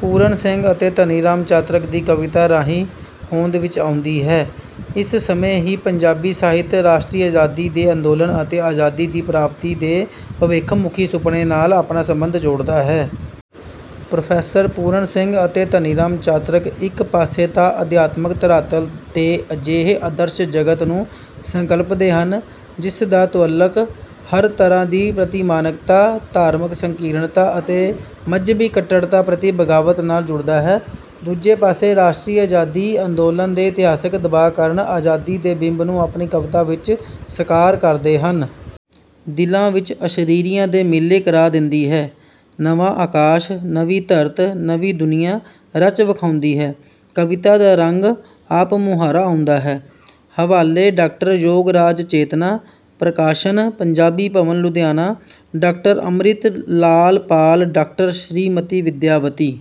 ਪੂਰਨ ਸਿੰਘ ਅਤੇ ਧਨੀ ਰਾਮ ਚਾਤ੍ਰਿਕ ਦੀ ਕਵਿਤਾ ਰਾਹੀਂ ਹੋਂਦ ਵਿੱਚ ਆਉਂਦੀ ਹੈ। ਇਸ ਸਮੇਂ ਹੀ ਪੰਜਾਬੀ ਸਾਹਿਤ ਰਾਸ਼ਟਰੀ ਆਜ਼ਾਦੀ ਦੇ ਅੰਦੋਲਨ ਅਤੇ ਆਜ਼ਾਦੀ ਦੀ ਪ੍ਰਾਪਤੀ ਦੇ ਭਵਿੱਖਮੁੱਖੀ ਸੁਪਨੇ ਨਾਲ ਆਪਣਾ ਸੰਬੰਧ ਜੋੜਦਾ ਹੈ। ਪ੍ਰੋਫੈਸਰ ਪੂਰਨ ਸਿੰਘ ਅਤੇ ਧਨੀ ਰਾਮ ਚਾਤ੍ਰਿਕ ਇੱਕ ਪਾਸੇ ਤਾਂ ਅਧਿਆਤਮਕ ਧਰਾਤਲ ਤੇ ਅਜਿਹੇ ਆਦਰਸ਼ ਜਗਤ ਨੂੰ ਸੰਕਲਪਦੇ ਹਨ ਜਿਸਦਾ ਤੁਅੱਲਕ ਹਰ ਤਰ੍ਹਾਂ ਦੀ ਪ੍ਰਤਿਮਾਨਕਤਾ ਧਾਰਮਿਕ ਸੰਕੀਰਣਤਾ ਅਤੇ ਮਜ਼ਹਬੀ ਕੱਟੜਤਾ ਪ੍ਰਤਿ ਬਗਾਵਤ ਨਾਲ ਜੁੜਦਾ ਹੈ ਦੂਜੇ ਪਾਸੇ ਰਾਸ਼ਟਰੀ ਆਜ਼ਾਦੀ ਅੰਦੋਲਨ ਦੇ ਇਤਿਹਾਸਕ ਦਬਾਅ ਕਾਰਨ ਆਜ਼ਾਦੀ ਦੇ ਬਿੰਬ ਨੂੰ ਆਪਣੀ ਕਵਿਤਾ ਵਿੱਚ ਸਾਕਾਰ ਕਰਦੇ ਹਨ। ਦਿਲਾਂ ਵਿੱਚ ਅਸ਼ਰੀਰੀਆਂ ਦੇ ਮੇਲੇ ਕਰਾ ਦਿੰਦੀ ਹੈ। ਨਵਾਂ ਆਕਾਸ਼ ਨਵੀਂ ਧਰਤ ਨਵੀਂ ਦੁਨੀਆਂ ਰਚ ਵਿਖਾਉਂਦੀ ਹੈ ਕਵਿਤਾ ਦਾ ਰੰਗ ਆਪ ਮੁਹਾਰਾ ਆਉਂਦਾ ਹੈ। ਹਵਾਲੇ doctor Yograj Chetna Prakashan Punjabi Bhawan Ludhiana doctor Amrit Lal Pal doctor Shrimati Vidyavati.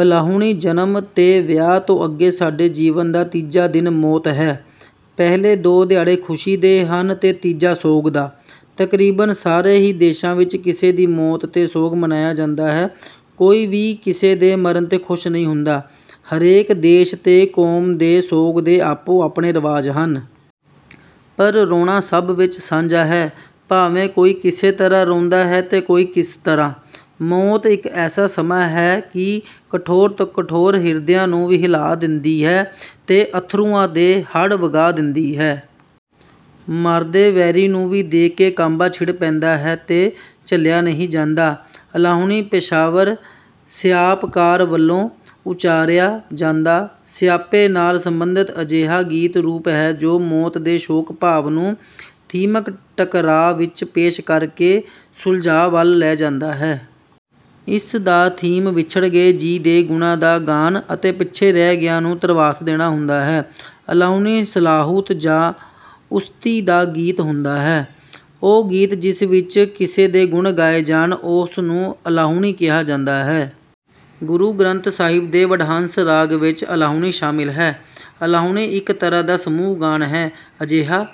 ਅਲਾਹੁਣੀ ਜਨਮ ਤੇ ਵਿਆਹ ਤੋਂ ਅੱਗੇ ਸਾਡੇ ਜੀਵਨ ਦਾ ਤੀਜਾ ਦਿਨ ਮੌਤ ਹੈ। ਪਹਿਲੇ ਦੋ ਦਿਹਾੜੇ ਖੁਸ਼ੀ ਦੇ ਹਨ ਤੇ ਤੀਜਾ ਸੋਗ ਦਾ। ਤਕਰੀਬਨ ਸਾਰੇ ਹੀ ਦੇਸ਼ਾਂ ਵਿੱਚ ਕਿਸੇ ਦੀ ਮੌਤ ਤੇ ਸੋਗ ਮਨਾਇਆ ਜਾਂਦਾ ਹੈ ਕੋਈ ਵੀ ਕਿਸੇ ਦੇ ਮਰਨ ਤੇ ਖੁਸ਼ ਨਹੀਂ ਹੁੰਦਾ ਹਰੇਕ ਦੇਸ਼ ਤੇ ਕੌਮ ਦੇ ਸੋਗ ਦੇ ਆਪੋ ਆਪਣੇ ਰਿਵਾਜ਼ ਹਨ। ਪਰ ਰੋਣਾ ਸਭ ਵਿੱਚ ਸਾਂਝਾ ਹੈ ਭਾਵੇਂ ਕੋਈ ਕਿਸੇ ਤਰ੍ਹਾਂ ਰੋਂਦਾ ਹੈ ਤੇ ਕੋਈ ਕਿਸ ਤਰ੍ਹਾਂ। ਮੌਤ ਇੱਕ ਐਸਾ ਸਮਾਂ ਹੈ ਕਿ ਕਠੋਰ ਤੋਂ ਕਠੋਰ ਹਿਰਦਿਆਂ ਨੂੰ ਵੀ ਹਿਲਾ ਦਿੰਦੀ ਹੈ ਤੇ ਅਥਰੂਆਂ ਦੇ ਹੜ੍ਹ ਵਗਾ ਦਿੰਦੀ ਹੈ। ਮਰਦੇ ਵੈਰੀ ਨੂੰ ਵੀ ਦੇਖ ਕੇ ਕਾਂਬਾ ਛਿੜ ਪੈਂਦਾ ਹੈ ਤੇ ਝੱਲਿਆ ਨਹੀਂ ਜਾਂਦਾ। ਅਲਾਹੁਣੀ ਪੇਸ਼ਾਵਰ ਸਿਆਪਕਾਰ ਵੱਲੋਂ ਉੱਚਾਰਿਆ ਜਾਂਦਾ ਸਿਆਪੇ ਨਾਲ ਸੰਬੰਧਿਤ ਅਜੇਹਾ ਗੀਤ ਰੂਪ ਹੈ ਜੋ ਮੌਤ ਦੇ ਸ਼ੋਕ ਭਾਵ ਨੂੰ ਥੀਮਕ ਟਕਰਾਅ ਵਿੱਚ ਪੇਸ਼ ਕਰ ਕੇ ਸੁਲਝਾਅ ਵੱਲ ਲੈ ਜਾਂਦਾ ਹੈ। ਇਸ ਦਾ ਥੀਮ ਵਿਛੜ ਗਏ ਜੀਅ ਦੇ ਗੁਣਾਂ ਦਾ ਗਾਨ ਅਤੇ ਪਿੱਛੇ ਰਹਿ ਗਿਆ ਨੂੰ ਧਰਵਾਸ ਦੇਣਾ ਹੁੰਦਾ ਹੈ। ਅਲਾਹੁਣੀ ਸਲਾਹੁਤ ਜਾਂ ਉਸਤਿ ਦਾ ਗੀਤ ਹੁੰਦਾ ਹੈ। ਉਹ ਗੀਤ ਜਿਸ ਵਿੱਚ ਕਿਸੇ ਦੇ ਗੁਣ ਗਾਏ ਜਾਣ ਉਸ ਨੂੰ ਅਲਾਹੁਣੀ ਕਿਹਾ ਜਾਂਦਾ ਹੈ। ਗੁਰੂ ਗ੍ਰੰਥ ਸਾਹਿਬ ਦੇ ਵਡਹੰਸ ਰਾਗ ਵਿੱਚ ਅਲਾਹੁਣੀ ਸ਼ਾਮਿਲ ਹੈ। ਅਲਾਹੁਣੀ ਇੱਕ ਤਰ੍ਹਾਂ ਦਾ ਸਮੂਹ ਗਾਨ ਹੈ ਅਜਿਹਾ